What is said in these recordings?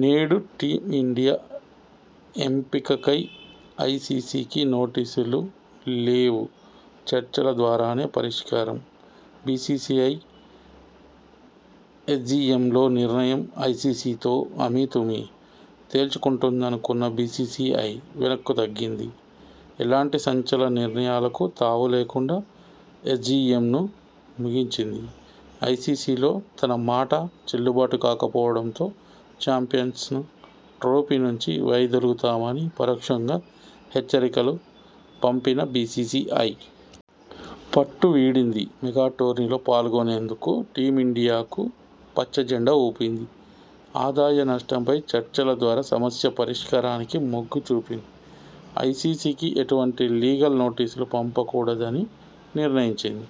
నేడు టీమిండియా ఎంపికఐసీసీకి నోటీసులు లేవుచర్చల ద్వారానే పరిష్కారంబీసీసీఐ ఎస్జీఎంలో నిర్ణయం ఐసీసీతో అమీతుమీ తేల్చుకుంటుందనుకున్న బీసీసీఐ.. వెనక్కు తగ్గింది. ఎలాంటి సంచలన నిర్ణయాలకు తావులేకుండా ఎస్జీఎంను ముగించింది. ఐసీసీలో తన మాట చెల్లుబాటు కాకపోవడంతో.. చాంపియన్స్ ట్రోఫీ నుంచి వైదొలుగుతామని పరోక్షంగా హెచ్చరికలు పంపిన బీసీసీఐ.. పట్టువీడింది. మెగా టోర్నీలో పాల్గొనేందుకు టీమిండియాకు పచ్చ జెండా ఊపింది. ఆదాయ నష్టంపై చర్చల ద్వారా సమస్య పరిష్కారానికి మొగ్గు చూపింది. ఐసీసీకి ఎటువంటి లీగల్ నోటీసులూ పంపకూడదని నిర్ణయించింది.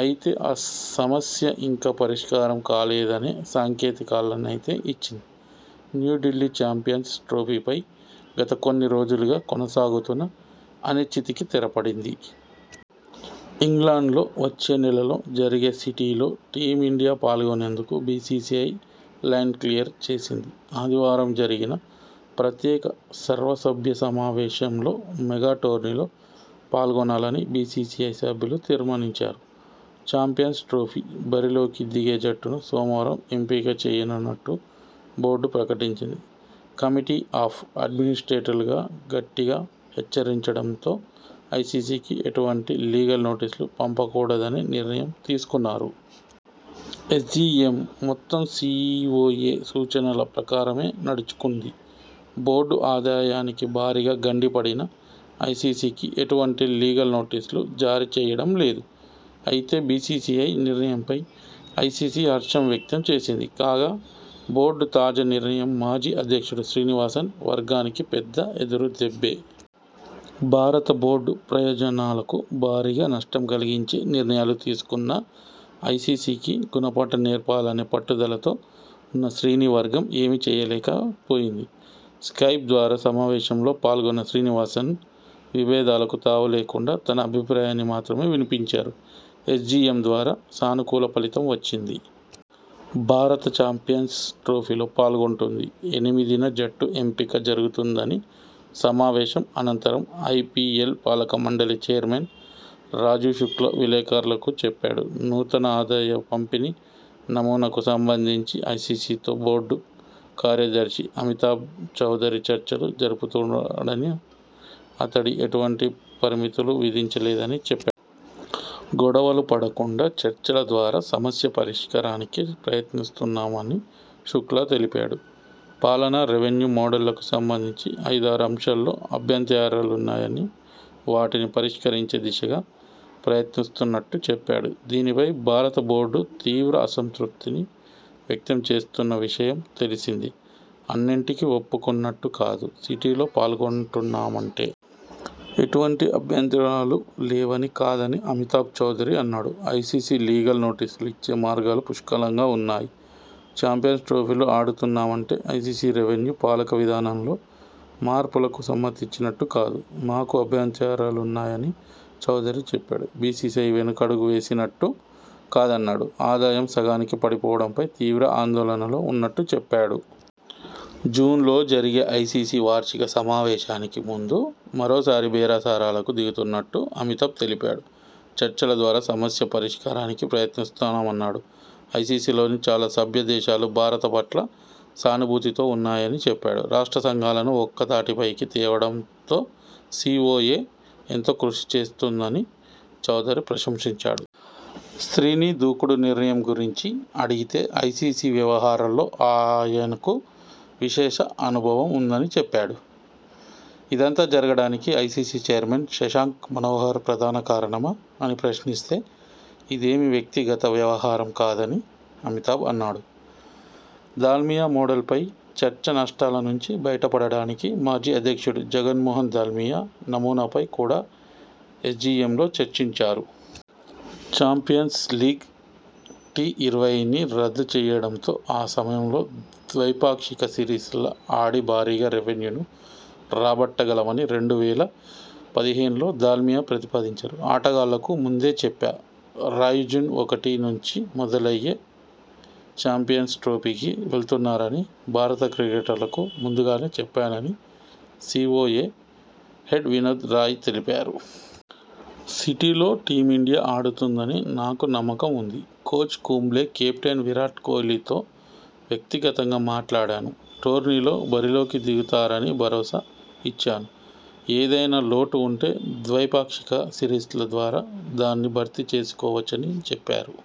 అయితే సమస్య ఇంకా పరిష్కారం కాలేదనే సంకేతాలనైతే ఇచ్చింది..! న్యూఢిల్లీ చాంపియన్స్ ట్రోఫీ పై గత కొన్ని రోజులుగా కొనసాగుతున్న అనిశ్చితికి తెరపడింది. ఇంగ్లండ్లో వచ్చే నెలలో జరిగే సీటీలో టీమిండియా పాల్గొనేందుకు బీసీసీఐ లైన్క్లియర్ చేసింది. ఆదివారం జరిగిన ప్రత్యేక సర్వసభ్య సమావేశం లో మెగా టోర్నీలో పాల్గొనాలని బీసీసీఐ సభ్యులు తీర్మానించారు. చాంపియన్స్ ట్రోఫీ బరిలోకి దిగే జట్టును సోమవారం ఎంపిక చేయనున్నట్టు బోర్డు ప్రకటించింది. కమిటీ ఆఫ్ అడ్మినిస్ట్రేటర్లు గట్టిగా హెచ్చరించడంతో ఐసీసీకి ఎటువంటి లీగల్ నోటీసులు పంపకూడదనే నిర్ణయం తీసుకున్నారు. ఎస్జీఎం మొత్తం సీవోఏ సూచనల ప్రకారమే నడుచుకుంది. బోర్డు ఆదాయానికి భారీగా గండిపడినా ఐసీసీకి ఎటువంటి లీగల్ నోటీసులు జారీ చేయడం లేదు. అయితే బీసీసీఐ నిర్ణయంపై ఐసీసీ హర్షం వ్యక్తం చేసింది. కాగా, బోర్డు తాజా నిర్ణయం మాజీ అధ్యక్షుడు శ్రీనివాసన్ వర్గానికి పెద్ద ఎదురుదెబ్బే..! భారత బోర్డు ప్రయోజనాలకు భారీగా నష్టం కలిగించే నిర్ణయాలు తీసుకున్న ఐసీసీకి గుణపాఠం నేర్పాలనే పట్టుదలతో ఉన్న శ్రీని వర్గం.. ఏమీ చేయలేక పోయింది. స్కైప్ ద్వారా సమావేశంలో పాల్గొన్న శ్రీనివాసన్.. విభేదాలకు తావులేకుండా తన అభిప్రాయాన్ని మాత్రమే వినిపించారు. ఎస్జీఎం ద్వారా సానుకూల ఫలితం వచ్చింది. భారత చాంపియన్స్ ట్రోఫీలో పాల్గొంటుంది. ఎనిమిదిన జట్టు ఎంపిక జరుగుతుంద'ని సమావేశం అనంతరం ఐపీఎల్ పాలకమండలి చైర్మన్ రాజీవ్ శుక్లా విలేకరులకు చెప్పాడు. నూతన ఆదాయ పంపిణీ నమూనాకు సంబంధించి ఐసీసీతో బోర్డు కార్యదర్శి అమితాబ్ చౌదరి చర్చలు జరుపుతాడన్నాడు. అతడికి ఎటువంటి పరిమితులూ విధించలేదని చెప్పాడు. గొడవలు పడకుండా చర్చల ద్వారా సమస్య పరిష్కారానికే ప్రయత్నిస్తున్నామని శుక్లా తెలిపాడు. పాలన, రెవెన్యూ మోడళ్లకు సంబంధించి ఐదారు అంశాల్లో అభ్యంతరాలున్నాయని.. వాటిని పరిష్కరించే దిశగా ప్రయత్నిస్తున్నట్టు చెప్పా డు. దీనిపై భారత బోర్డు తీవ్ర అసంతృప్తిని వ్యక్తం చేస్తున్న విషయం తెలిసిందే. అన్నింటికీ ఒప్పుకున్నట్టు కాదు సీటీలో పాల్గొంటున్నామంటే.. ఎటువంటి అభ్యంతరాలూ లేవని కాదని అమితాబ్ చౌదరి అన్నాడు. ఐసీసీకి లీగల్ నోటీసులు ఇచ్చే మార్గాలు పుష్కలంగా ఉన్నాయి. చాంపియన్స్ ట్రోఫీలో ఆడుతున్నామంటే.. ఐసీసీ రెవెన్యూ, పాలక విధానంలో మార్పులకు సమ్మతించినట్టు కాదు. మాకు అభ్యంతరాలున్నాయని చౌదరి చెప్పాడు. బీసీసీఐ వెనకడుగు వేసినట్టు కాదన్నాడు. ఆదాయం సగానికి పడిపోవడంపై తీవ్ర ఆందోళనలో ఉన్నట్టు చెప్పాడు. జూన్లో జరిగే ఐసీసీ వార్షిక సమావేశానికి ముందు మరోసారి బేరసారాలకు దిగనున్నట్టు అమితాబ్ తెలిపాడు. చర్చల ద్వారా సమస్య పరిష్కారానికి ప్రయత్నిస్తున్నామన్నాడు. ఐసీసీలోని చాలా సభ్యదేశాలు భారత పట్ల సానుభూతితో ఉన్నాయని చెప్పాడు. రాష్ట్ర సంఘాలను ఒక్క తాటిపైకి తేవడంతో సీవోఏ ఎంతో కృషి చేసిందని చౌదరి ప్రశంసించాడు. శ్రీని దూకుడు నిర్ణయం గురించి అడిగితే.. ఐసీసీ వ్యవహారాల్లో ఆ యనకు విశేష అనుభవం ఉందని చెప్పాడు. ఇదంతా జరగడానికి ఐసీసీ చైర్మన్ శశాంక్ మనోహర్ ప్రధాన కారణమా అని ప్రశ్నిస్తే.. ఇదేమీ వ్యక్తిగత వ్యవహా రం కాదని అమితాబ్ అన్నాడు. దాల్మియా మోడల్ పై చర్చ నష్టాల నుంచి బయటపడడానికి మాజీ అధ్యక్షుడు జగ్మోహన్ దాల్మియా నమూనాపై కూడా ఎస్జీఎంలో చర్చించారు. చాంపియన్స్ లీగ్ టీఇరవైని రద్దు చేయడంతో ఆ సమయంలో ద్వైపాక్షిక సిరీసల ఆడి భారీగా రెవెన్యూను రాబట్టగలమని రెండు వేల పదిహేనులో దాల్మియా ప్రతిపాదించారు. ఆటగాళ్లకు ముందే చెప్పా రాయ్జూన్ ఒకటి నుంచి మొదలయ్యే చాంపియన్స్ ట్రోఫీకి వెళ్తున్నారని భారత క్రికెటర్లకు ముందుగానే చెప్పానని సీవోఏ హెడ్ వినోద్ రాయ్ తెలిపారు. సీటీలో టీమిండియా ఆడుతుందని నాకు నమ్మకం ఉంది. కోచ్ కుంబ్లే, కెప్టెన్ విరాట్ కోహ్లీతో వ్యక్తిగతంగా మాట్లాడాను. టోర్నీలో బరిలోకి దిగుతారని భరోసా ఇచ్చాను. ఏదైనా లోటు ఉంటే ద్వైపాక్షిక సిరీస్ ల ద్వారా దాన్ని భర్తీ చేసుకోవచ్చని చెప్పారు.